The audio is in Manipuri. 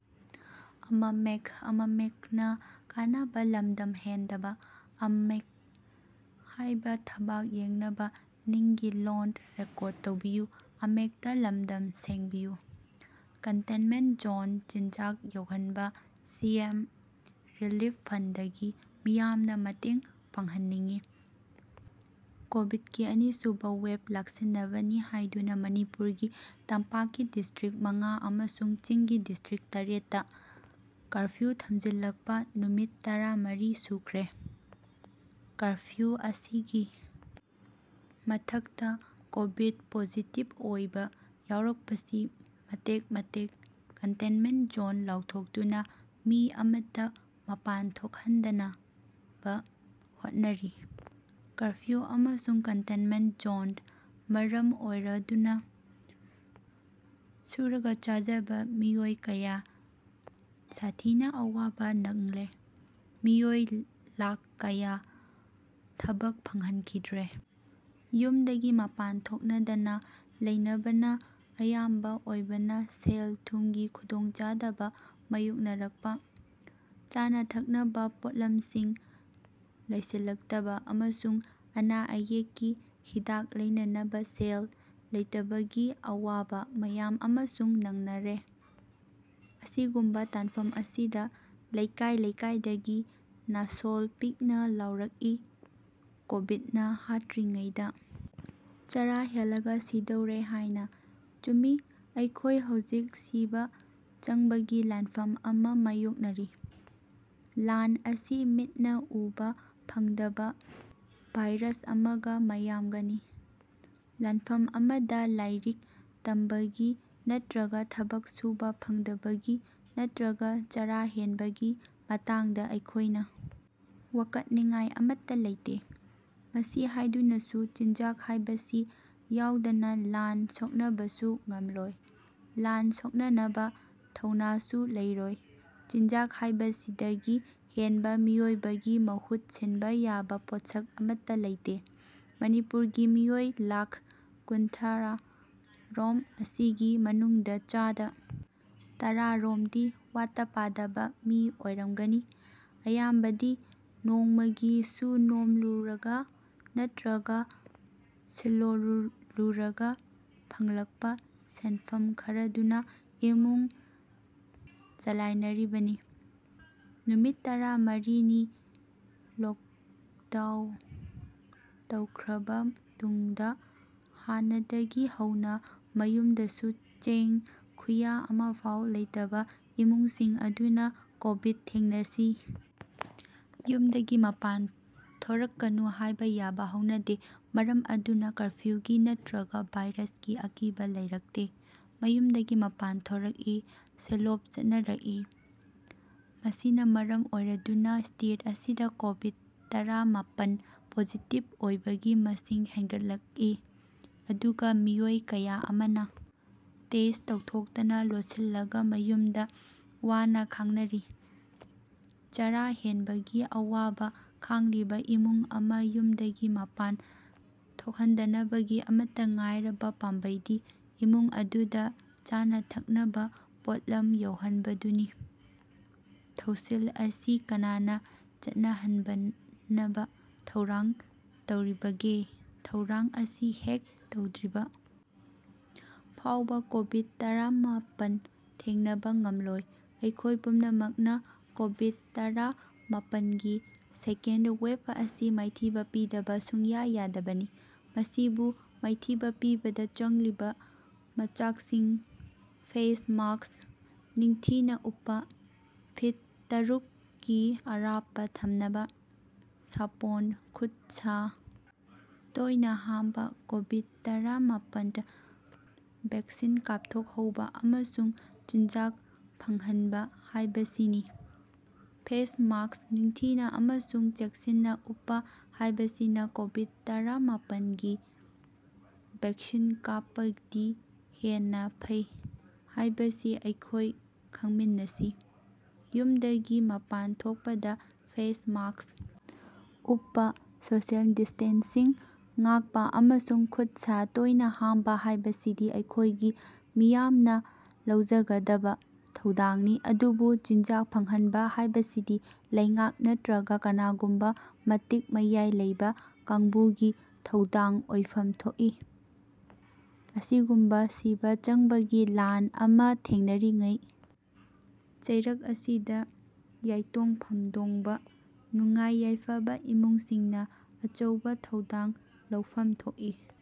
ꯀꯟꯇꯦꯟꯃꯦꯟꯠ ꯖꯣꯟꯗ ꯆꯤꯟꯖꯥꯛ ꯌꯧꯍꯟꯕ ꯁꯤ ꯑꯦꯝꯒꯤ ꯔꯤꯂꯤꯐ ꯐꯟꯗꯒꯤ ꯃꯤꯌꯥꯝꯅ ꯃꯇꯦꯡ ꯄꯥꯡꯍꯟꯅꯤꯡꯏ ꯀꯣꯚꯤꯗꯀꯤ ꯑꯅꯤꯁꯨꯕ ꯋꯦꯚ ꯂꯥꯛꯁꯤꯟꯅꯕꯅꯤ ꯍꯥꯏꯗꯨꯅ ꯃꯅꯤꯄꯨꯔꯒꯤ ꯇꯝꯄꯥꯛꯀꯤ ꯗꯤꯁꯇ꯭ꯔꯤꯛꯠ ꯃꯉꯥ ꯑꯃꯁꯨꯡ ꯆꯤꯡꯒꯤ ꯗꯤꯁꯇ꯭ꯔꯤꯛꯠ ꯇꯥꯔꯦꯠ ꯇꯥ ꯀꯔꯐ꯭ꯌꯨ ꯊꯝꯖꯤꯜꯂꯛꯄ ꯅꯨꯃꯤꯠ ꯇꯔꯥ ꯃꯔꯤ ꯁꯨꯈ꯭ꯔꯦ꯫ ꯀꯔꯐ꯭ꯌꯨ ꯑꯁꯤꯒꯤ ꯃꯊꯛꯇ ꯀꯣꯚꯤꯗ ꯄꯣꯖꯤꯇꯤꯚ ꯑꯣꯏꯕ ꯌꯥꯎꯔꯛꯄꯁꯤ ꯃꯇꯦꯛ ꯃꯇꯦꯛ ꯀꯟꯇꯦꯟꯃꯦꯟꯠ ꯖꯣꯟ ꯂꯥꯎꯊꯣꯛꯇꯨꯅ ꯃꯤ ꯑꯃꯠꯇ ꯃꯄꯥꯟ ꯊꯣꯛꯍꯟꯗꯅꯕ ꯍꯣꯠꯅꯔꯤ꯫ ꯀꯔꯐ꯭ꯌꯨ ꯑꯃꯁꯨꯡ ꯀꯟꯇꯦꯟꯃꯦꯟꯠ ꯖꯣꯟꯅ ꯃꯔꯝ ꯑꯣꯏꯔꯗꯨꯅ ꯁꯨꯔꯒ ꯆꯥꯖꯕ ꯃꯤꯑꯣꯏ ꯀꯌꯥ ꯁꯥꯊꯤꯅ ꯑꯋꯥꯕ ꯅꯡꯂꯦ, ꯃꯤꯑꯣꯏ ꯂꯥꯈ ꯀꯌꯥ ꯊꯕꯛ ꯐꯪꯍꯟꯈꯤꯗ꯭ꯔꯦ꯫ ꯌꯨꯝꯗꯒꯤ ꯃꯄꯥꯟ ꯊꯣꯛꯅꯗꯅ ꯂꯩꯅꯕꯅ ꯑꯌꯥꯝꯕ ꯑꯣꯏꯕꯅ ꯁꯦꯜ-ꯊꯨꯝꯒꯤ ꯈꯨꯗꯣꯡꯆꯥꯗꯕ ꯃꯥꯌꯣꯛꯅꯔꯛꯄ, ꯆꯥꯅ-ꯊꯛꯅꯕ ꯄꯣꯠꯂꯝꯁꯤꯡ ꯂꯩꯁꯤꯜꯂꯛꯇꯕ ꯑꯃꯁꯨꯡ ꯑꯅꯥ ꯑꯌꯦꯛꯀꯤ ꯍꯤꯗꯥꯛ ꯂꯩꯅꯅꯕ ꯁꯦꯜ ꯂꯩꯇꯕꯒꯤ ꯑꯋꯥꯕ ꯃꯌꯥꯝ ꯑꯃꯁꯨꯡ ꯅꯡꯅꯔꯦ꯫ ꯑꯁꯤꯒꯨꯝꯕ ꯇꯥꯟꯐꯝ ꯑꯁꯤꯗ ꯂꯩꯀꯥꯏ ꯂꯩꯀꯥꯏꯗꯒꯤ ꯅꯥꯁꯣꯜ ꯄꯤꯛꯅ ꯂꯥꯎꯔꯛꯏ, ꯀꯣꯚꯤꯗꯅ ꯍꯥꯠꯇ꯭ꯔꯤꯉꯩꯗ ꯆꯥꯔꯥ ꯍꯦꯜꯂꯒ ꯁꯤꯗꯧꯔꯦ ꯍꯥꯏꯅ, ꯆꯨꯝꯃꯤ ꯑꯩꯈꯣꯏ ꯍꯧꯖꯤꯛ ꯁꯤꯕ ꯆꯪꯕꯒꯤ ꯂꯥꯟꯐꯝ ꯑꯃ ꯃꯥꯌꯣꯛꯅꯔꯤ꯫ ꯂꯥꯟ ꯑꯁꯤ ꯃꯤꯠꯅ ꯎꯕ ꯐꯪꯗꯕ ꯚꯥꯏꯔꯁ ꯑꯃꯒ ꯃꯌꯥꯝꯒꯅꯤ, ꯂꯥꯟꯐꯝ ꯑꯃꯗ ꯂꯥꯏꯔꯤꯛ ꯇꯝꯕꯒꯤ ꯅꯠꯇ꯭ꯔꯒ ꯊꯕꯛ ꯁꯨꯕ ꯐꯪꯗꯕꯒꯤ ꯅꯠꯇ꯭ꯔꯒ ꯆꯥꯔꯥ ꯍꯦꯟꯕꯒꯤ ꯃꯇꯥꯡꯗ ꯑꯩꯈꯣꯏꯅ ꯋꯥꯀꯠꯅꯤꯉꯥꯏ ꯑꯃꯠꯇ ꯂꯩꯇꯦ꯫ ꯃꯁꯤ ꯍꯥꯏꯗꯨꯅꯁꯨ ꯆꯤꯟꯖꯥꯛ ꯍꯥꯏꯕꯁꯤ ꯌꯥꯎꯗꯅ ꯂꯥꯟ ꯁꯣꯛꯅꯕꯁꯨ ꯉꯝꯂꯣꯏ, ꯂꯥꯟ ꯁꯣꯛꯅꯅꯕ ꯊꯧꯅꯥꯁꯨ ꯂꯩꯔꯣꯏ꯫ ꯆꯤꯟꯖꯥꯛ ꯍꯥꯏꯕꯁꯤꯗꯒꯤ ꯍꯦꯟꯕ ꯃꯤꯑꯣꯏꯕꯒꯤ ꯃꯍꯨꯠ ꯁꯤꯟꯕ ꯌꯥꯕ ꯄꯣꯠꯁꯛ ꯑꯃꯠꯇ ꯂꯩꯇꯦ꯫ ꯃꯅꯤꯄꯨꯔꯒꯤ ꯃꯤꯑꯣꯏ ꯂꯥꯈ ꯀꯨꯟꯊꯔꯥ ꯔꯣꯝ ꯑꯁꯤꯒꯤ ꯃꯅꯨꯡꯗ ꯆꯥꯗ ꯇꯔꯥ ꯔꯣꯝꯗꯤ ꯋꯥꯠꯇ-ꯄꯥꯗꯕ ꯃꯤ ꯑꯣꯏꯔꯝꯒꯅꯤ꯫ ꯑꯌꯥꯝꯕꯗꯤ ꯅꯣꯡꯃꯒꯤ ꯁꯨ-ꯅꯣꯝꯂꯨꯔꯒ ꯅꯠꯇ꯭ꯔꯒ ꯁꯤꯜꯂꯣꯂꯨꯔꯒ ꯐꯪꯂꯛꯄ ꯁꯦꯟꯐꯝ ꯈꯔꯗꯨꯅ ꯏꯃꯨꯡ ꯆꯂꯥꯏꯅꯔꯤꯕꯅꯤ꯫ ꯅꯨꯃꯤꯠ ꯇꯔꯥ ꯃꯔꯤ ꯅꯤ ꯂꯣꯛꯗꯥꯎ ꯇꯧꯈ꯭ꯔꯕ ꯇꯨꯡꯗ ꯍꯥꯟꯅꯗꯒꯤ ꯍꯧꯅ ꯃꯌꯨꯝꯗꯁꯨ ꯆꯦꯡ ꯈꯨꯌꯥ ꯑꯃꯐꯥꯎꯕ ꯂꯩꯇꯕ ꯏꯃꯨꯡꯁꯤꯡ ꯑꯗꯨꯅ ꯀꯣꯚꯤꯗ ꯊꯦꯡꯅꯁꯤ, ꯌꯨꯝꯗꯒꯤ ꯃꯄꯥꯟ ꯊꯣꯔꯛꯀꯅꯨ ꯍꯥꯏꯕ ꯌꯥꯕ ꯍꯧꯅꯗꯦ꯫ ꯃꯔꯝ ꯑꯗꯨꯅ ꯀꯔꯐ꯭ꯌꯨꯒꯤ ꯅꯠꯇ꯭ꯔꯒ ꯚꯥꯏꯔꯁꯀꯤ ꯑꯀꯤꯕ ꯂꯩꯔꯛꯇꯦ꯫ ꯃꯌꯨꯝꯗꯒꯤ ꯃꯄꯥꯟ ꯊꯣꯔꯛꯏ, ꯁꯤꯜꯂꯣꯕ ꯆꯠꯅꯔꯛꯏ꯫ ꯃꯁꯤꯅ ꯃꯔꯝ ꯑꯣꯏꯔꯗꯨꯅ ꯁ꯭ꯇꯦꯠ ꯑꯁꯤꯗ ꯀꯣꯚꯤꯗ-ꯇꯔꯥ ꯃꯥꯄꯟ ꯄꯣꯖꯤꯇꯤꯚ ꯑꯣꯏꯕꯒꯤ ꯃꯁꯤꯡ ꯍꯦꯟꯒꯠꯂꯛꯏ, ꯑꯗꯨꯒ ꯃꯤꯑꯣꯏ ꯀꯌꯥ ꯑꯃꯅ ꯇꯦꯁꯠ ꯇꯧꯊꯣꯛꯇꯅ ꯂꯣꯠꯁꯤꯜꯂꯒ ꯃꯌꯨꯝꯗ ꯋꯅꯥ ꯈꯥꯡꯅꯔꯤ꯫ ꯆꯥꯔꯥ ꯍꯦꯟꯕꯒꯤ ꯑꯋꯥꯕ ꯈꯥꯡꯂꯤꯕ ꯏꯃꯨꯡ ꯑꯃ ꯌꯨꯝꯗꯒꯤ ꯃꯄꯥꯟ ꯊꯣꯛꯍꯟꯗꯅꯕꯒꯤ ꯑꯃꯠꯇ ꯉꯥꯏꯔꯕ ꯄꯥꯝꯕꯩꯗꯤ ꯏꯃꯨꯡ ꯑꯗꯨꯗ ꯆꯥꯅ-ꯊꯛꯅꯕ ꯄꯣꯠꯂꯝ ꯌꯧꯍꯟꯕꯗꯨꯅꯤ꯫ ꯊꯧꯁꯤꯜ ꯑꯁꯤ ꯀꯅꯥꯅꯥ ꯆꯠꯅꯍꯟꯅꯕ ꯊꯧꯔꯥꯡ ꯇꯧꯔꯤꯕꯒꯦ, ꯊꯧꯔꯥꯡ ꯑꯁꯤ ꯍꯦꯛ ꯇꯧꯗ꯭ꯔꯤꯕ ꯐꯥꯎꯕ ꯀꯣꯚꯤꯗ-ꯇꯔꯥ ꯃꯥꯄꯟ ꯊꯦꯡꯅꯕ ꯉꯝꯂꯣꯏ꯫ ꯑꯩꯈꯣꯏ ꯄꯨꯝꯅꯃꯛꯅ ꯀꯣꯚꯤꯗ ꯇꯔꯥ ꯃꯥꯄꯟꯒꯤ ꯁꯦꯀꯦꯟꯗ ꯋꯦꯚ ꯑꯁꯤ ꯃꯥꯏꯊꯤꯕ ꯄꯤꯗꯕ ꯁꯨꯡꯌꯥ ꯌꯥꯗꯕꯅꯤ꯫ ꯃꯁꯤꯕꯨ ꯃꯥꯏꯊꯤꯕ ꯄꯤꯕꯗ ꯆꯪꯂꯤꯕ ꯃꯆꯥꯛꯁꯤꯡ ꯐꯦꯁ ꯃꯥꯁꯛ ꯅꯤꯡꯊꯤꯅ ꯎꯞꯄ, ꯐꯤꯠ ꯇꯔꯨꯛ ꯀꯤ ꯑꯔꯥꯞꯄ ꯊꯝꯅꯕ, ꯁꯥꯄꯣꯟꯅ ꯈꯨꯠ-ꯁꯥ ꯇꯣꯏꯅ ꯍꯥꯝꯕ, ꯀꯣꯚꯤꯗ-ꯇꯔꯥ ꯃꯥꯄꯟ ꯚꯦꯛꯁꯤꯟ ꯀꯥꯞꯊꯣꯛꯍꯧꯕ ꯑꯃꯁꯨꯡ ꯆꯤꯟꯖꯥꯛ ꯐꯪꯍꯟꯕ ꯍꯥꯏꯕꯁꯤꯅꯤ꯫ ꯐꯦꯁ ꯃꯥꯁꯛ ꯅꯤꯡꯊꯤꯅ ꯑꯃꯁꯨꯡ ꯆꯦꯛꯁꯤꯟꯅ ꯎꯞꯄ ꯍꯥꯏꯕꯁꯤꯅ ꯀꯣꯚꯤꯗ ꯇꯔꯥ ꯃꯥꯄꯟ ꯒꯤ ꯚꯦꯛꯁꯤꯟ ꯀꯥꯞꯄꯗꯤ ꯍꯦꯟꯅ ꯐꯩ ꯍꯥꯏꯕꯁꯤ ꯑꯩꯈꯣꯏ ꯈꯪꯃꯤꯟꯅꯁꯤ꯫ ꯌꯨꯝꯗꯒꯤ ꯃꯄꯥꯟ ꯊꯣꯛꯄꯗ ꯐꯦꯁ ꯃꯥꯁꯛ ꯎꯞꯄ, ꯁꯣꯁꯤꯌꯦꯜ ꯗꯤꯁ꯭ꯇꯦꯟꯁꯤꯡ ꯉꯥꯛꯄ ꯑꯃꯁꯨꯡ ꯈꯨꯠ-ꯁꯥ ꯇꯣꯏꯅ ꯍꯥꯝꯕ ꯍꯥꯏꯕꯁꯤꯗꯤ ꯑꯩꯈꯣꯏꯒꯤ ꯃꯤꯌꯥꯝꯅ ꯂꯧꯖꯒꯗꯕ ꯊꯧꯗꯥꯡꯅꯤ ꯑꯗꯨꯕꯨ ꯆꯤꯟꯖꯥꯛ ꯐꯪꯍꯟꯕ ꯍꯥꯏꯕꯁꯤꯗꯤ ꯂꯩꯉꯥꯛ ꯅꯠꯇ꯭ꯔꯒ ꯀꯅꯥꯒꯨꯝꯕ ꯃꯇꯤꯛ ꯃꯌꯥꯏ ꯂꯩꯕ ꯀꯥꯡꯕꯨꯒꯤ ꯊꯧꯗꯥꯡ ꯑꯣꯏꯐꯝ ꯊꯣꯛꯏ꯫ ꯑꯁꯤꯒꯨꯝꯕ ꯁꯤꯕ ꯆꯪꯕꯒꯤ ꯂꯥꯟ ꯑꯃ ꯊꯦꯡꯅꯔꯤꯉꯩ ꯆꯩꯔꯛ ꯑꯁꯤꯗ ꯌꯥꯏꯇꯣꯡ ꯐꯝꯗꯣꯡꯕ, ꯅꯨꯡꯉꯥꯏ ꯌꯥꯏꯐꯕ ꯏꯃꯨꯡꯁꯤꯡꯅ ꯑꯆꯧꯕ ꯊꯧꯗꯥꯡ ꯂꯧꯐꯝ ꯊꯣꯛꯏ꯫